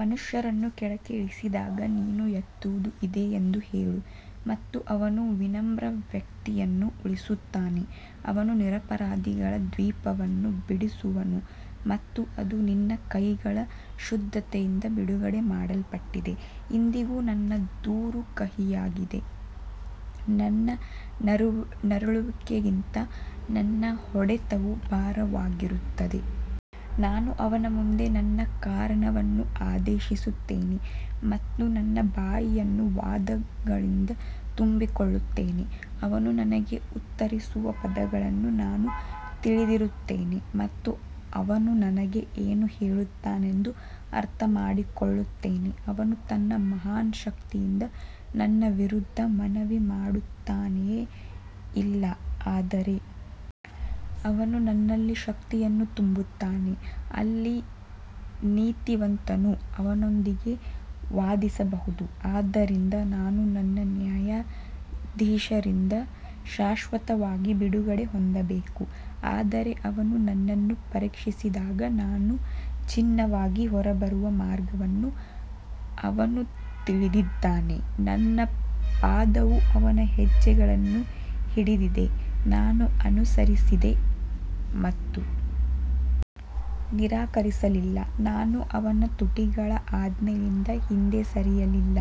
ಮನುಷ್ಯರನ್ನು ಕೆಳಕ್ಕೆ ಇಳಿಸಿದಾಗ ನೀನು ಎತ್ತುವುದು ಇದೆ ಎಂದು ಹೇಳು ಮತ್ತು ಅವನು ವಿನಮ್ರ ವ್ಯಕ್ತಿಯನ್ನು ಉಳಿಸುತ್ತಾನೆ ಅವನು ನಿರಪರಾಧಿಗಳ ದ್ವೀಪವನ್ನು ಬಿಡಿಸುವನು ಮತ್ತು ಅದು ನಿನ್ನ ಕೈಗಳ ಶುದ್ಧತೆಯಿಂದ ಬಿಡುಗಡೆ ಮಾಡಲ್ಪಟ್ಟಿದೆ ಇಂದಿಗೂ ನನ್ನ ದೂರು ಕಹಿಯಾಗಿದೆ, ನನ್ನ ನರಳುವಿಕೆಗಿಂತ ನನ್ನ ಹೊಡೆತವು ಭಾರವಾಗಿರುತ್ತದೆ ನಾನು ಅವನ ಮುಂದೆ ನನ್ನ ಕಾರಣವನ್ನು ಆದೇಶಿಸುತ್ತೇನೆ ಮತ್ತು ನನ್ನ ಬಾಯಿಯನ್ನು ವಾದಗಳಿಂದ ತುಂಬಿಕೊಳ್ಳುತ್ತೇನೆ ಅವನು ನನಗೆ ಉತ್ತರಿಸುವ ಪದಗಳನ್ನು ನಾನು ತಿಳಿದಿರುತ್ತೇನೆ ಮತ್ತು ಅವನು ನನಗೆ ಏನು ಹೇಳುತ್ತಾನೆಂದು ಅರ್ಥಮಾಡಿಕೊಳ್ಳುತ್ತೇನೆ ಅವನು ತನ್ನ ಮಹಾನ್ ಶಕ್ತಿಯಿಂದ ನನ್ನ ವಿರುದ್ಧ ಮನವಿ ಮಾಡುತ್ತಾನೆಯೇ ಇಲ್ಲ ಆದರೆ ಅವನು ನನ್ನಲ್ಲಿ ಶಕ್ತಿಯನ್ನು ತುಂಬುತ್ತಾನೆ ಅಲ್ಲಿ ನೀತಿವಂತನು ಅವನೊಂದಿಗೆ ವಾದಿಸಬಹುದು ಆದ್ದರಿಂದ ನಾನು ನನ್ನ ನ್ಯಾಯಾಧೀಶರಿಂದ ಶಾಶ್ವತವಾಗಿ ಬಿಡುಗಡೆ ಹೊಂದಬೇಕು ಆದರೆ ಅವನು ನನ್ನನ್ನು ಪರೀಕ್ಷಿಸಿದಾಗ ನಾನು ಚಿನ್ನವಾಗಿ ಹೊರಬರುವ ಮಾರ್ಗವನ್ನು ಅವನು ತಿಳಿದಿದ್ದಾನೆ ನನ್ನ ಪಾದವು ಅವನ ಹೆಜ್ಜೆಗಳನ್ನು ಹಿಡಿದಿದೆ ನಾನು ಅನುಸರಿಸಿದೆ ಮತ್ತು ನಿರಾಕರಿಸಲಿಲ್ಲ ನಾನು ಅವನ ತುಟಿಗಳ ಆಜ್ಞೆಯಿಂದ ಹಿಂದೆ ಸರಿಯಲಿಲ್ಲ,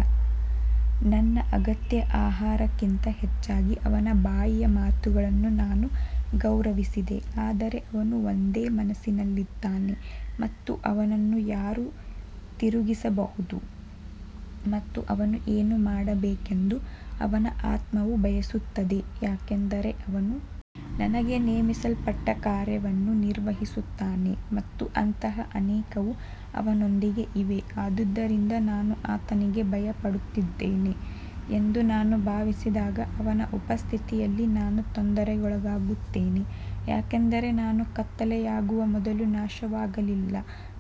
ನನ್ನ ಅಗತ್ಯ ಆಹಾರಕ್ಕಿಂತ ಹೆಚ್ಚಾಗಿ ಅವನ ಬಾಯಿಯ ಮಾತುಗಳನ್ನು ನಾನು ಗೌರವಿಸಿದೆ ಆದರೆ ಅವನು ಒಂದೇ ಮನಸ್ಸಿನಲ್ಲಿದ್ದಾನೆ ಮತ್ತು ಅವನನ್ನು ಯಾರು ತಿರುಗಿಸಬಹುದು ಮತ್ತು ಅವನು ಏನು ಮಾಡಬೇಕೆಂದು ಅವನ ಆತ್ಮವು ಬಯಸುತ್ತದೆ ಯಾಕಂದರೆ ಅವನು ನನಗೆ ನೇಮಿಸಲ್ಪಟ್ಟ ಕಾರ್ಯವನ್ನು ನಿರ್ವಹಿಸುತ್ತಾನೆ ಮತ್ತು ಅಂತಹ ಅನೇಕವು ಅವನೊಂದಿಗೆ ಇವೆ ಆದುದರಿಂದ ನಾನು ಆತನಿಗೆ ಭಯಪಡುತ್ತಿದ್ದೇನೆ ಎಂದು ನಾನು ಭಾವಿಸಿದಾಗ ಅವನ ಉಪಸ್ಥಿತಿಯಲ್ಲಿ ನಾನು ತೊಂದರೆಗೊಳಗಾಗುತ್ತೇನೆ ಯಾಕಂದರೆ ನಾನು ಕತ್ತಲೆಯಾಗುವ ಮೊದಲು ನಾಶವಾಗಲಿಲ್ಲ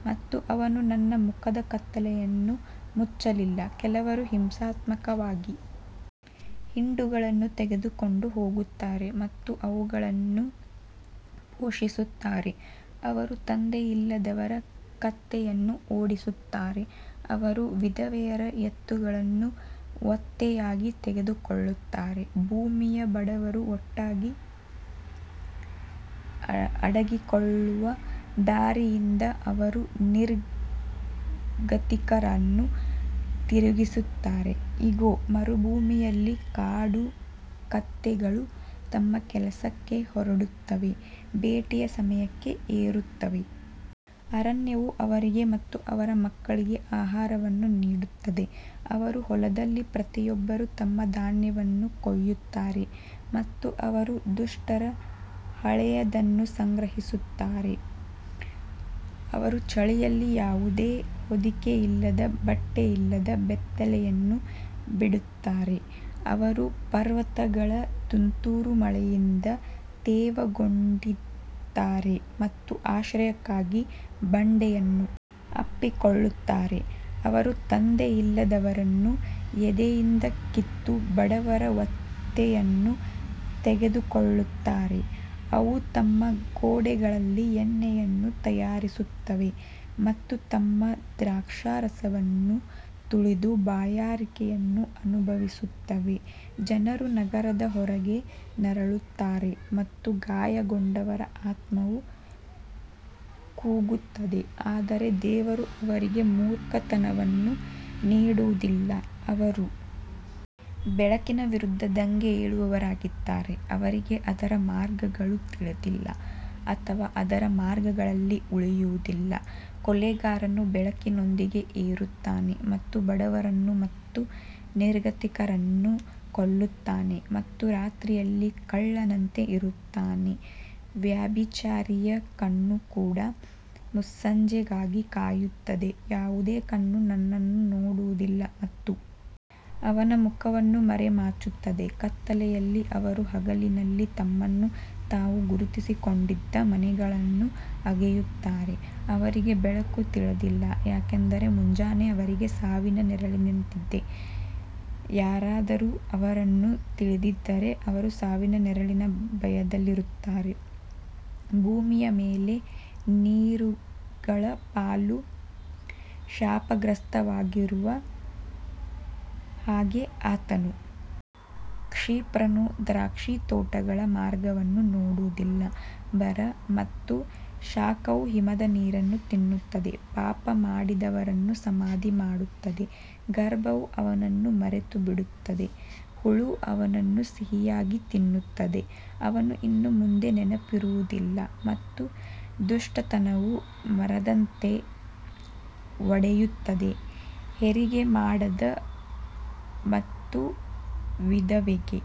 ಮತ್ತು ಅವನು ನನ್ನ ಮುಖದ ಕತ್ತಲೆಯನ್ನು ಮುಚ್ಚಲಿಲ್ಲ ಕೆಲವರು ಹಿಂಸಾತ್ಮಕವಾಗಿ ಹಿಂಡುಗಳನ್ನು ತೆಗೆದುಕೊಂಡು ಹೋಗುತ್ತಾರೆ ಮತ್ತು ಅವುಗಳನ್ನು ಪೋಷಿಸುತ್ತಾರೆ ಅವರು ತಂದೆಯಿಲ್ಲದವರ ಕತ್ತೆಯನ್ನು ಓಡಿಸುತ್ತಾರೆ, ಅವರು ವಿಧವೆಯರ ಎತ್ತುಗಳನ್ನು ಒತ್ತೆಯಾಗಿ ತೆಗೆದುಕೊಳ್ಳುತ್ತಾರೆ ಭೂಮಿಯ ಬಡವರು ಒಟ್ಟಾಗಿ ಅಡಗಿಕೊಳ್ಳುವ ದಾರಿಯಿಂದ ಅವರು ನಿರ್ಗತಿಕರನ್ನು ತಿರುಗಿಸುತ್ತಾರೆ ಇಗೋ, ಮರುಭೂಮಿಯಲ್ಲಿ ಕಾಡು ಕತ್ತೆಗಳು ತಮ್ಮ ಕೆಲಸಕ್ಕೆ ಹೊರಡುತ್ತವೆ, ಬೇಟೆಯ ಸಮಯಕ್ಕೆ ಏರುತ್ತವೆ ಅರಣ್ಯವು ಅವರಿಗೆ ಮತ್ತು ಅವರ ಮಕ್ಕಳಿಗೆ ಆಹಾರವನ್ನು ನೀಡುತ್ತದೆ ಅವರು ಹೊಲದಲ್ಲಿ ಪ್ರತಿಯೊಬ್ಬರು ತಮ್ಮ ಧಾನ್ಯವನ್ನು ಕೊಯ್ಯುತ್ತಾರೆ ಮತ್ತು ಅವರು ದುಷ್ಟರ ಹಳೆಯದನ್ನು ಸಂಗ್ರಹಿಸುತ್ತಾರೆ ಅವರು ಚಳಿಯಲ್ಲಿ ಯಾವುದೇ ಹೊದಿಕೆಯಿಲ್ಲದ ಬಟ್ಟೆಯಿಲ್ಲದೆ ಬೆತ್ತಲೆಯನ್ನು ಬಿಡುತ್ತಾರೆ ಅವರು ಪರ್ವತಗಳ ತುಂತುರು ಮಳೆಯಿಂದ ತೇವಗೊಂಡಿದ್ದಾರೆ ಮತ್ತು ಆಶ್ರಯಕ್ಕಾಗಿ ಬಂಡೆಯನ್ನು ಅಪ್ಪಿಕೊಳ್ಳುತ್ತಾರೆ ಅವರು ತಂದೆಯಿಲ್ಲದವರನ್ನು ಎದೆಯಿಂದ ಕಿತ್ತು ಬಡವರ ಒತ್ತೆಯನ್ನು ತೆಗೆದುಕೊಳ್ಳುತ್ತಾರೆ ಅವು ತಮ್ಮ ಗೋಡೆಗಳಲ್ಲಿ ಎಣ್ಣೆಯನ್ನು ತಯಾರಿಸುತ್ತವೆ ಮತ್ತು ತಮ್ಮ ದ್ರಾಕ್ಷಾರಸವನ್ನು ತುಳಿದು ಬಾಯಾರಿಕೆಯನ್ನು ಅನುಭವಿಸುತ್ತವೆ ಜನರು ನಗರದ ಹೊರಗೆ ನರಳುತ್ತಾರೆ ಮತ್ತು ಗಾಯಗೊಂಡವರ ಆತ್ಮವು ಕೂಗುತ್ತದೆ ಆದರೆ ದೇವರು ಅವರಿಗೆ ಮೂರ್ಖತನವನ್ನು ನೀಡುವುದಿಲ್ಲ ಅವರು ಬೆಳಕಿನ ವಿರುದ್ಧ ದಂಗೆಯೇಳುವವರಾಗಿದ್ದಾರೆ, ಅವರಿಗೆ ಅದರ ಮಾರ್ಗಗಳು ತಿಳಿದಿಲ್ಲ ಅಥವಾ ಅದರ ಮಾರ್ಗಗಳಲ್ಲಿ ಉಳಿಯುವುದಿಲ್ಲ ಕೊಲೆಗಾರನು ಬೆಳಕಿನೊಂದಿಗೆ ಏರುತ್ತಾನೆ ಮತ್ತು ಬಡವರನ್ನು ಮತ್ತು ನಿರ್ಗತಿಕರನ್ನು ಕೊಲ್ಲುತ್ತಾನೆ ಮತ್ತು ರಾತ್ರಿಯಲ್ಲಿ ಕಳ್ಳನಂತೆ ಇರುತ್ತಾನೆ ವ್ಯಭಿಚಾರಿಯ ಕಣ್ಣು ಕೂಡ ಮುಸ್ಸಂಜೆಗಾಗಿ ಕಾಯುತ್ತದೆ, ಯಾವುದೇ ಕಣ್ಣು ನನ್ನನ್ನು ನೋಡುವುದಿಲ್ಲ ಮತ್ತು ಅವನ ಮುಖವನ್ನು ಮರೆಮಾಚುತ್ತದೆ ಕತ್ತಲೆಯಲ್ಲಿ ಅವರು ಹಗಲಿನಲ್ಲಿ ತಮ್ಮನ್ನು ತಾವು ಗುರುತಿಸಿಕೊಂಡಿದ್ದ ಮನೆಗಳನ್ನು ಅಗೆಯುತ್ತಾರೆ, ಅವರಿಗೆ ಬೆಳಕು ತಿಳಿದಿಲ್ಲ ಯಾಕಂದರೆ ಮುಂಜಾನೆ ಅವರಿಗೆ ಸಾವಿನ ನೆರಳಿನಂತಿದೆ, ಯಾರಾದರೂ ಅವರನ್ನು ತಿಳಿದಿದ್ದರೆ ಅವರು ಸಾವಿನ ನೆರಳಿನ ಭಯದಲ್ಲಿರುತ್ತಾರೆ ಭೂಮಿಯ ಮೇಲೆ ನೀರುಗಳ ಪಾಲು ಶಾಪಗ್ರಸ್ತವಾಗಿರುವ ಹಾಗೆ ಆತನು ಕ್ಷಿಪ್ರನು ದ್ರಾಕ್ಷಿತೋಟಗಳ ಮಾರ್ಗವನ್ನು ನೋಡುವುದಿಲ್ಲ ಬರ ಮತ್ತು ಶಾಖವು ಹಿಮದ ನೀರನ್ನು ತಿನ್ನುತ್ತದೆ, ಪಾಪ ಮಾಡಿದವರನ್ನು ಸಮಾಧಿ ಮಾಡುತ್ತದೆ ಗರ್ಭವು ಅವನನ್ನು ಮರೆತುಬಿಡುತ್ತದೆ, ಹುಳು ಅವನನ್ನು ಸಿಹಿಯಾಗಿ ತಿನ್ನುತ್ತದೆ, ಅವನು ಇನ್ನು ಮುಂದೆ ನೆನಪಿರುವುದಿಲ್ಲ ಮತ್ತು ದುಷ್ಟತನವು ಮರದಂತೆ ಒಡೆಯುತ್ತದೆ ಹೆರಿಗೆ ಮಾಡದ ಮತ್ತು ವಿಧವೆಗೆ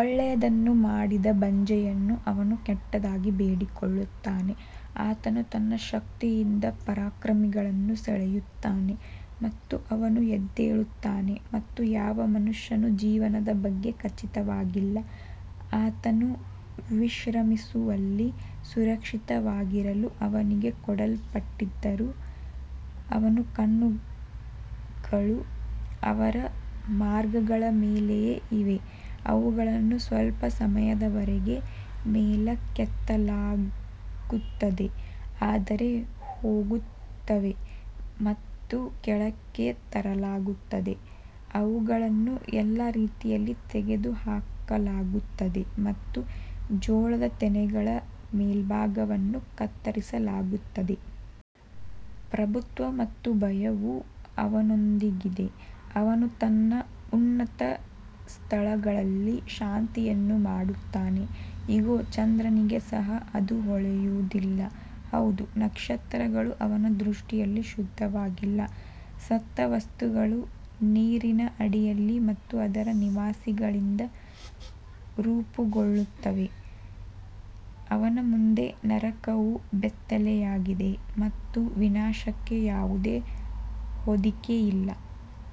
ಒಳ್ಳೆಯದನ್ನು ಮಾಡದ ಬಂಜೆಯನ್ನು ಅವನು ಕೆಟ್ಟದಾಗಿ ಬೇಡಿಕೊಳ್ಳುತ್ತಾನೆ ಆತನು ತನ್ನ ಶಕ್ತಿಯಿಂದ ಪರಾಕ್ರಮಿಗಳನ್ನೂ ಸೆಳೆಯುತ್ತಾನೆ ಮತ್ತು ಅವನು ಎದ್ದೇಳುತ್ತಾನೆ ಮತ್ತು ಯಾವ ಮನುಷ್ಯನೂ ಜೀವನದ ಬಗ್ಗೆ ಖಚಿತವಾಗಿಲ್ಲ ಆತನು ವಿಶ್ರಮಿಸುವಲ್ಲಿ ಸುರಕ್ಷಿತವಾಗಿರಲು ಅವನಿಗೆ ಕೊಡಲ್ಪಟ್ಟಿದ್ದರೂ ಅವನ ಕಣ್ಣುಗಳು ಅವರ ಮಾರ್ಗಗಳ ಮೇಲೆಯೇ ಇವೆ ಅವುಗಳನ್ನು ಸ್ವಲ್ಪ ಸಮಯದವರೆಗೆ ಮೇಲಕ್ಕೆತ್ತಲಾಗುತ್ತದೆ ಆದರೆ ಹೋಗುತ್ತವೆ ಮತ್ತು ಕೆಳಕ್ಕೆ ತರಲಾಗುತ್ತದೆ, ಅವುಗಳನ್ನು ಎಲ್ಲಾ ರೀತಿಯಲ್ಲಿ ತೆಗೆದುಹಾಕಲಾಗುತ್ತದೆ ಮತ್ತು ಜೋಳದ ತೆನೆಗಳ ಮೇಲ್ಭಾಗವನ್ನು ಕತ್ತರಿಸಲಾಗುತ್ತದೆ. ಪ್ರಭುತ್ವ ಮತ್ತು ಭಯವು ಅವನೊಂದಿಗಿದೆ ಅವನು ತನ್ನ ಉನ್ನತ ಸ್ಥಳಗಳಲ್ಲಿ ಶಾಂತಿಯನ್ನು ಮಾಡುತ್ತಾನೆ ಇಗೋ ಚಂದ್ರನಿಗೆ ಸಹ ಅದು ಹೊಳೆಯುವುದಿಲ್ಲ, ಹೌದು ನಕ್ಷತ್ರಗಳು ಅವನ ದೃಷ್ಟಿಯಲ್ಲಿ ಶುದ್ಧವಾಗಿಲ್ಲ ಸತ್ತ ವಸ್ತುಗಳು ನೀರಿನ ಅಡಿಯಲ್ಲಿ ಮತ್ತು ಅದರ ನಿವಾಸಿಗಳಿಂದ ರೂಪುಗೊಳ್ಳುತ್ತವೆ ಅವನ ಮುಂದೆ ನರಕವು ಬೆತ್ತಲೆಯಾಗಿದೆ ಮತ್ತು ವಿನಾಶಕ್ಕೆ ಯಾವುದೇ ಹೊದಿಕೆಯಿಲ್ಲ.